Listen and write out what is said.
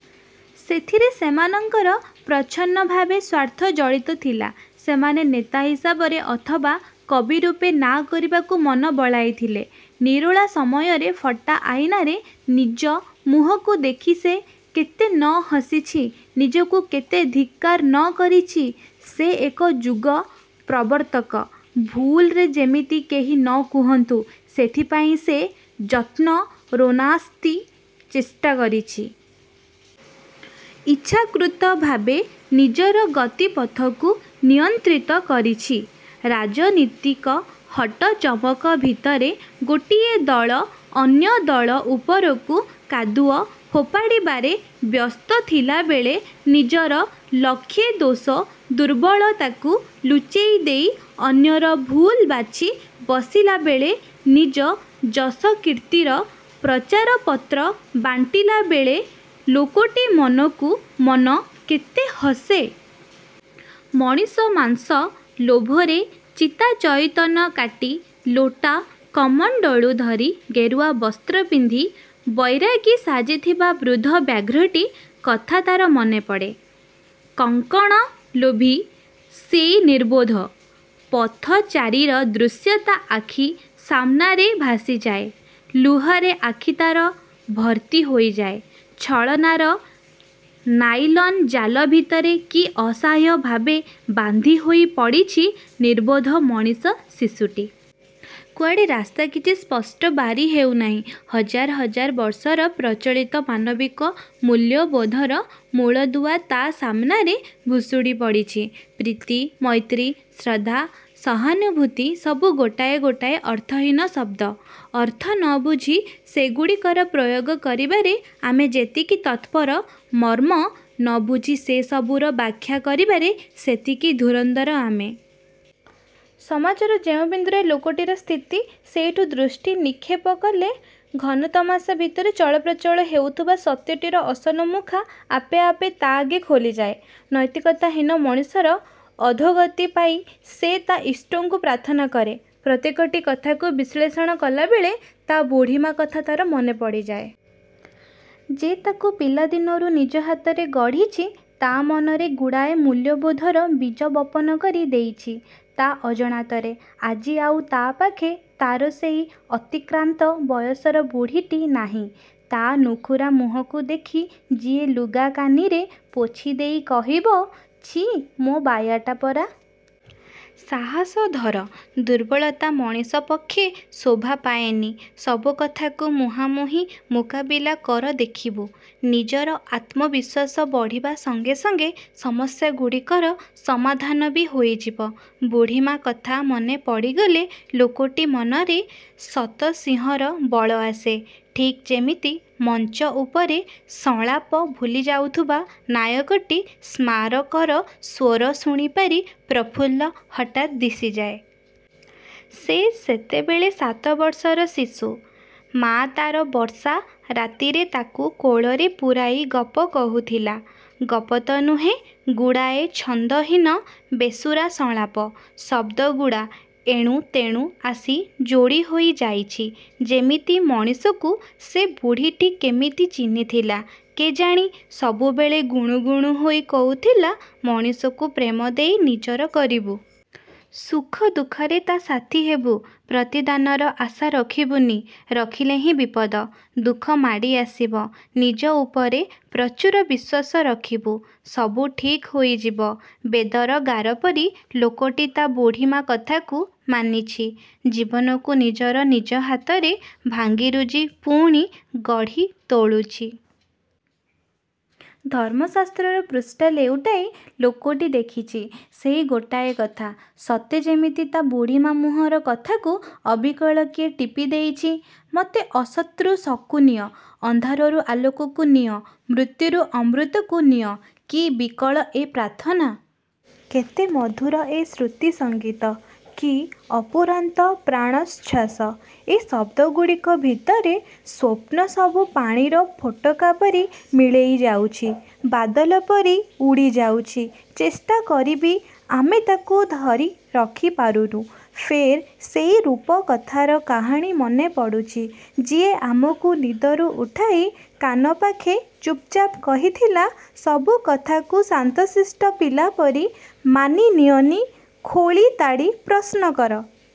ସେଥିରେ ସେମାନଙ୍କର ପ୍ରଚ୍ଛନ୍ନଭାବେ ସ୍ୱାର୍ଥ ଜଡ଼ିତଥିଲା। ସେମାନେ ନେତା ହିସାବରେ ଅଥବା କବିରୂପେ ନାଁ କରିବାକୁ ମନ ବଳାଇଥିଲେ। ନିରୋଳା ସମୟରେ ଫଟା ଆଇନାରେ ନିଜ ମୁହଁକୁ ଦେଖି ସେ କେତେ ନହସିଛି। ନିଜକୁ କେତେ ଧିକ୍କାର ନକରିଛି। ସେ ଏକ ଯୁଗ-ପ୍ରବର୍ତ୍ତକ! ଭୁଲରେ ଯେମିତି କେହି ନକୁହନ୍ତୁ—ସେଥିପାଇଁ ସେ ଯତ୍ପରୋନାସ୍ତି ଚେଷ୍ଟା କରିଛି। ଇଚ୍ଛାକୃତ ଭାବେ ନିଜର ଗତିପଥକୁ ନିୟନ୍ତ୍ରିତ କରିଛି। ରାଜନୀତିକ ହଟ ଚମକ ଭିତରେ ଗୋଟିଏ ଦଳ ଅନ୍ୟ ଦଳ ଉପରକୁ କାଦୁଅ ଫୋପାଡ଼ିବାରେ ବ୍ୟସ୍ତ ଥିଲାବେଳେ, ନିଜର ଲକ୍ଷେ ଦୋଷ ଦୁର୍ବଳତାକୁ ଲୁଚେଇ ଦେଇ ଅନ୍ୟର ଭୁଲ ବାଛି ବସିଲାବେଳେ, ନିଜ ଯଶକୀର୍ତ୍ତିର ପ୍ରଚାରପତ୍ର ବାଣ୍ଟିଲା ବେଳେ ଲୋକଟି ମନକୁ ମନ କେତେ ହସେ। ମଣିଷ ମାଂସ ଲୋଭରେ ଚିତାଚଇତନ। କାଟି ଲୋଟା କମଣ୍ତଳୁ ଧରି ଗେରୁଆ ବସ୍ତ୍ର ପିନ୍ଧି, ବୈରାଗୀ ସାଜିଥିବା ବୃଦ୍ଧ ବ୍ୟାଘ୍ରଟି କଥା ତା'ର ମନେପଡ଼େ। କଙ୍କଣଲୋଭୀ ସେଇ ନିର୍ବୋଧ ପଥଚାରୀର ଦୃଶ୍ୟ ତା' ଆଖି ସାମନାରେ ଭାସିଯାଏ। ଲୁହରେ ଆଖି ତା'ର ଭର୍ତ୍ତି ହୋଇଥାଏ। ଛଳନାର ନାଇଲନ୍ ଜାଲ ଭିତରେ କି ଅସହାୟ ଭାବେ ବାନ୍ଧି ହୋଇ ପଡ଼ିଛି ନିର୍ବୋଧ ମଣିଷ ଶିଶୁଟି। କୁଆଡ଼େ ରାସ୍ତା କିଛି ସ୍ପଷ୍ଟ ବାରି ହେଉନାହିଁ। ହଜାର ହଜାର ବର୍ଷର ପ୍ରଚଳିତ ମାନବିକ ମୂଲ୍ୟବୋଧର ମୂଳଦୁଆ ତା' ସାମନାରେ ଭୁଷୁଡ଼ି ପଡ଼ୁଛି। ପ୍ରୀତି-ମୈତ୍ରୀ, ଶ୍ରଦ୍ଧା, ସହାନୁଭୂତି–ସବୁ ଗୋଟାଏ ଗୋଟାଏ ଅର୍ଥହୀନ ଶବ୍ଦ। ଅର୍ଥ ନବୁଝି ସେଗୁଡ଼ିକର ପ୍ରୟୋଗ କରିବାରେ ଆମେ ଯେତିକି ତତ୍ପର, ମର୍ମ ନବୁଝି ସେ ସବୁର ବ୍ୟାଖ୍ୟା କରିବାରେ ସେତିକି ଧୁରନ୍ଧର ଆମେ। ସମାଜର ଯେଉଁ ବିନ୍ଦୁରେ ଲୋକଟିର ସ୍ଥିତି, ସେଇଠୁ ଦୃଷ୍ଟି ନିକ୍ଷେପ କଲେ ଘନ-ତମସା ଭିତରେ ଚଳପ୍ରଚଳ ହେଉଥିବା 'ସତ୍ୟ'ଟିର ଅସଲ ମୁଖା ଆପେ ଆପେ ତା' ଆଗେ ଖୋଲିଯାଏ। ନୈତିକତାହୀନ ମଣିଷର ଅଧୋଗତି ପାଇ ସେ ତା' ଇଷ୍ଟଙ୍କୁ ପ୍ରାର୍ଥନା କରେ। ପ୍ରତ୍ୟେକଟି କଥାକୁ ବିଶ୍ଳେଷଣ କଲାବେଳେ ତା' ବୁଢ଼ୀମା କଥା ତା'ର ମନେ ପଡ଼ିଯାଏ। ଯେ ତାକୁ ପିଲା ଦିନରୁ ନିଜ ହାତରେ ଗଢ଼ିଛି। ତା' ମନରେ ଗୁଡ଼ାଏ 'ମୂଲ୍ୟବୋଧ'ର ବୀଜ ବପନ କରି ଦେଇଛି ତା' ଅଜାଣତରେ। ଆଜି ଆଉ ତା' ପାଖେ ତା'ର ସେଇ ଅତିକ୍ରାନ୍ତ ବୟସର ବୁଢ଼ୀଟି ନାଇଁ। ତା' ନୁଖୁରା ମୁହଁକୁ ଦେଖି ଯିଏ ଲୁଗା କାନିରେ ପୋଛିଦେଇ କହିବ, ''ଛି ମୋ ବାୟାଟା ପରା! ସାହସ ଧର। ଦୁର୍ବଳତା ମଣିଷ ପକ୍ଷେ ଶୋଭା ପାଏନି। ସବୁ କଥାକୁ ମୁହାଁମୁହିଁ ମୁକାବିଲା କର ଦେଖିବୁ, ନିଜର ଆତ୍ମବିଶ୍ୱାସ ବଢ଼ିବା ସଙ୍ଗେ ସଙ୍ଗେ ସମସ୍ୟାଗୁଡ଼ିକର ସମାଧାନ ବି ହୋଇଯିବ। '' ବୁଢ଼ୀମା କଥା ମନେ ପଡ଼ିଗଲେ ଲୋକଟି ମନରେ ଶତସିଂହର ବଳ ଆସେ। ଠିକ୍ ଯେମିତି ମଞ୍ଚ ଉପରେ ସଂଳାପ ଭୁଲିଯାଉଥିବା ନାୟକଟି ସ୍ମାରକର ସ୍ୱର ଶୁଣିପାରି ପ୍ରଫୁଲ୍ଲ ହଠାତ୍ ଦିଶିଯାଏ। ସେ ସେତେବେଳେ ସାତ ବର୍ଷର ଶିଶୁ, ମା ତା'ର ବର୍ଷା ରାତିରେ ତାକୁ କୋଳରେ ପୂରାଇ ଗପ କହୁଥିଲା। ଗପତ ନୁହେଁ ଗୁଡ଼ାଏ ଛନ୍ଦହୀନ ବେସୁରା ସଂଳାପ। ଶବ୍ଦଗୁଡ଼ା ଏଣୁତେଣୁ ଆସି ଯୋଡ଼ିହୋଇ ଯାଇଛି ଯେମିତି। ମଣିଷକୁ ସେ ବୁଢ଼ୀଟି କେମିତି ଚିହ୍ନିଥିଲା କେଜାଣି ସବୁବେଳେ ଗୁଣୁଗୁଣୁ ହୋଇ କହୁଥିଲା, ମଣିଷକୁ ପ୍ରେମ ଦେଇ ନିଜର କରିବୁ। ସୁଖ ଦୁଃଖରେ ତା' ସାଥୀ ହେବୁ ପ୍ରତିଦାନର ଆଶା ରଖିବୁନି। ରଖିଲେହିଁ ବିପଦ। ଦୁଃଖ ମାଡ଼ି ଆସିବ। ନିଜ ଉପରେ ପ୍ରଚୁର ବିଶ୍ୱାସ ରଖିବୁ। ସବୁ ଠିକ୍ ହୋଇଯିବ। ବେଦର ଗାରପରି ଲୋକଟି ତା' ବୁଢ଼ୀମା କଥାକୁ ମାନିଛି। ଜୀବନକୁ ନିଜର ନିଜ ହାତରେ ଭାଙ୍ଗିରୁଜି ପୁଣି ଗଢ଼ି ତୋଳୁଛି। ଧର୍ମଶାସ୍ତ୍ରର ପୃଷ୍ଠା ଲେଉଟାଇ ଲୋକଟି ଦେଖିଛି। ସେଇ ଗୋଟାଏ କଥା। ସତେ ଯେମିତି ତା' ବୁଢ଼ୀମା ମୁହଁର କଥାକୁ ଅବିକଳ କିଏ ଟିପି ଦେଇଛି। ''ମତେ ଅସତ୍ରୁ ସତ୍କୁ ନିଅ। ଅନ୍ଧାରରୁ ଆଲୋକକୁ ନିଅ। ମୃତ୍ୟୁରୁ ଅମୃତକୁ ନିଅ। '' କି ବିକଳ ଏ ପ୍ରାର୍ଥନା! କେତେ ମଧୁର ଏ ଶ୍ରୁତିସଙ୍ଗୀତ! କି ଅପୂରନ୍ତ ପ୍ରାଣୋଚ୍ଛ୍ୱାସ ଏ ଶବ୍ଦଗୁଡ଼ିକ ଭିତରେ। ସ୍ୱପ୍ନସବୁ ପାଣିର ଫୋଟକାପରି ମିଳେଇ ଯାଉଛି। ବାଦଲପରି ଉଡ଼ି ଯାଉଛି। ଚେଷ୍ଟା କରିବି ଆମେ ତାକୁ ଧରିରଖି ପାରୁନୁ। ଫେର୍ ସେଇ ରୂପକଥାର କାହାଣୀ ମନେ ପଡ଼ୁଛି। ଯିଏ ଆମକୁ ନିଦରୁ ଉଠାଇ କାନ ପାଖେ ଚୁପ୍ଚାପ୍ କହିଥିଲା, ''ସବୁ କଥାକୁ ଶାନ୍ତଶିଷ୍ଟ ପିଲାପରି ମାନି ନିଅନି। ଖୋଳି ତାଡ଼ି ପ୍ରଶ୍ନକର।